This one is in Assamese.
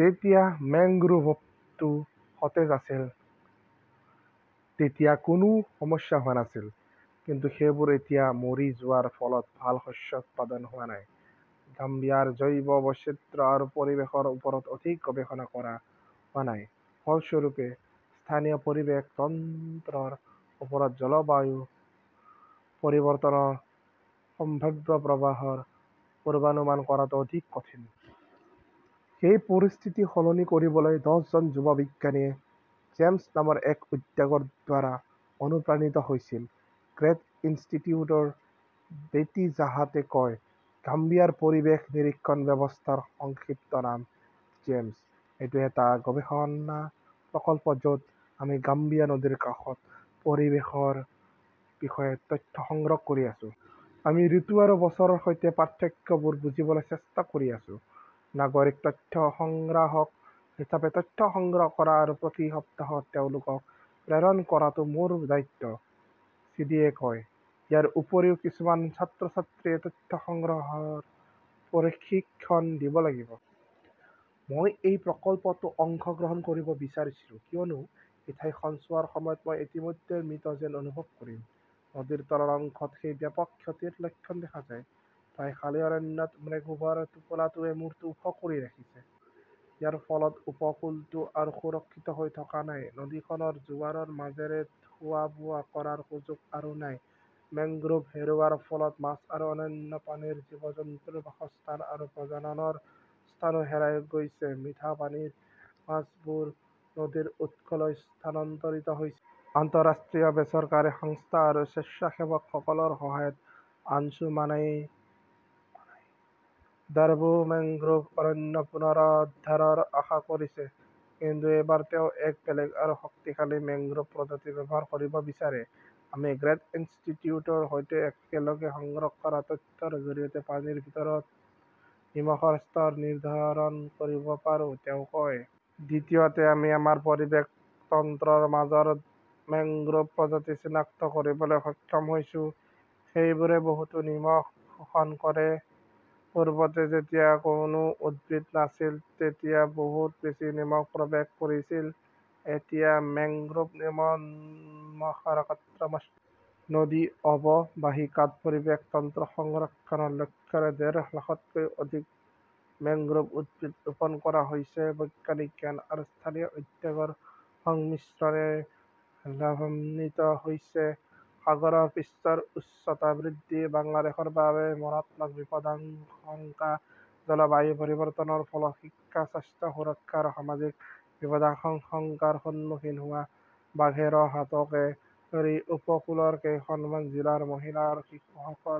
যেতিয়া মেংগ্ৰোভটো সতেজ আছিল, তেতিয়া কোনো সমস্যা হোৱা নাছিল। কিন্তু সেইবোৰ এতিয়া মৰি যোৱাৰ ফলত ভাল শস্য উৎপাদন হোৱা নাই। গাম্বিয়াৰ জৈৱ বৈচিত্ৰ্য আৰু পৰিৱেশৰ ওপৰত অধিক গৱেষণা কৰা হোৱা নাই। ফলস্বৰূপে স্থানীয় পৰিৱেশ তন্ত্ৰৰ ওপৰত জলবায়ু পৰিৱৰ্তনৰ সম্ভাৱ্য প্ৰভাৱৰ পূৰ্বানুমান কৰাটো অধিক কঠিন। সেই পৰিস্থিতি সলনি কৰিবলৈ দহজন যুৱ বিজ্ঞানীয়ে "জেমছ" নামৰ এক উদ্যোগৰ দ্বাৰা অনুপ্ৰাণিত হৈছিল। গ্ৰেট ইনষ্টিটিউটৰ বেটি জাহাতে কয়, গাম্বিয়াৰ পৰিৱেশ নিৰীক্ষণ ব্যৱস্থাৰ সংক্ষিপ্ত নাম 'জেমছ'। এইটো এটা গৱেষণা প্ৰকল্প য 'ত আমি গাম্বিয়া নদীৰ কাষত পৰিৱেশৰ বিষয়ে তথ্য সংগ্ৰহ কৰি আছো। আমি ঋতু আৰু বছৰৰ সৈতে পাৰ্থক্যবোৰ বুজিবলৈ চেষ্টা কৰি আছো। "নাগৰিক তথ্য সংগ্ৰাহক হিচাপে তথ্য সংগ্ৰহ কৰা আৰু প্ৰতি সপ্তাহত তেওঁলোকক প্ৰেৰণ কৰাটো মোৰ দায়িত্ব", চিডিয়ে কয়। ইয়াৰ উপৰিও কিছুমান ছাত্ৰ-ছাত্ৰীয়ে তথ্য সংগ্ৰহৰ প্ৰশিক্ষণ দিব লাগিব। মই এই প্ৰকল্পটোত অংশগ্ৰহণ কৰিব বিচাৰিছিলো, কিয়নো, এই ঠাইখন চোৱাৰ সময়ত মই ইতিমধ্যে মৃত যেন অনুভৱ কৰিম। "নদীৰ তলৰ অংশত সেই ব্যাপক ক্ষতিৰ লক্ষণ দেখা যায়। প্ৰায় খালী অৰণ্যত, মেংগ্ৰোভৰ টোপোলাটোৱে মূৰটো ওখ কৰি ৰাখিছে। ইয়াৰ ফলত উপকূলটো আৰু সুৰক্ষিত হৈ থকা নাই। নদীখনৰ জোৱাৰৰ মাজেৰে খোৱা-বোৱা কৰাৰ সুযোগ আৰু নাই। মেংগ্ৰোভ হেৰুওৱাৰ ফলত মাছ আৰু অন্যান্য পানীৰ জীৱ-জন্তুৰ বাসস্থান আৰু প্ৰজননৰ স্থানো হেৰাই গৈছে। মিঠা পানীৰ মাছবোৰ নদীৰ উৎসলৈ স্থানান্তৰিত হৈছে। আন্তঃৰাষ্ট্ৰীয় বেচৰকাৰী সংস্থা আৰু স্বেচ্ছাসেৱকসকলৰ সহায়ত আনছুমানাই ডাৰ্বো মেংগ্ৰোভ অৰণ্য পুনৰুদ্ধাৰৰ আশা কৰিছে। কিন্তু এইবাৰ তেওঁ এক বেলেগ আৰু শক্তিশালী মেংগ্ৰোভ প্ৰজাতি ব্যৱহাৰ কৰিব বিচাৰে। "আমি গ্ৰেট ইনষ্টিটিউটৰ সৈতে একেলগে সংগ্ৰহ কৰা তথ্যৰ জৰিয়তে পানীৰ ভিতৰত নিমখৰ স্তৰ নিৰ্ধাৰণ কৰিব পাৰোঁ", তেওঁ কয়। দ্বিতীয়তে, আমি আমাৰ পৰিৱেশ তন্ত্ৰৰ মাজৰ মেংগ্ৰোভ প্ৰজাতি চিনাক্ত কৰিবলৈ সক্ষম হৈছো। সেইবোৰে বহুতো নিমখ শোষণ কৰে। পূৰ্বতে যেতিয়া কোনো উদ্ভিদ নাছিল, তেতিয়া বহুত বেছি নিমখ প্ৰৱেশ কৰিছিল। এতিয়া, মেংগ্ৰোভ নিমখ নিয়ন্ত্ৰণ আৰু শোষণে ধানৰ খাদ্যত নিমখৰ স্তৰ যথেষ্ট হ্ৰাস কৰিছে। গাম্বিয়া নদী অৱবাহিকাত পৰিৱেশ তন্ত্ৰ সংৰক্ষণৰ লক্ষ্যৰে ডেৰ লাখতকৈও অধিক মেংগ্ৰোভ উদ্ভিদ ৰোপণ কৰা হৈছে। বৈজ্ঞানিক জ্ঞান আৰু স্থানীয় উদ্যোগৰ সংমিশ্ৰণে লাভান্বিত হৈছে। সাগৰ পৃষ্ঠৰ উচ্চতা বৃদ্ধি, বাংলাদেশৰ বাবে মাৰাত্মক বিপদাশংকা জলবায়ু পৰিৱৰ্তনৰ ফলত শিক্ষা, স্বাস্থ্য সুৰক্ষা আৰু সামাজিক বিপদাশংকাৰ সন্মুখীন হোৱা বাঘেৰহাটকে ধৰি উপকূলৰ কেইখনমান জিলাৰ মহিলা আৰু শিশুসকল।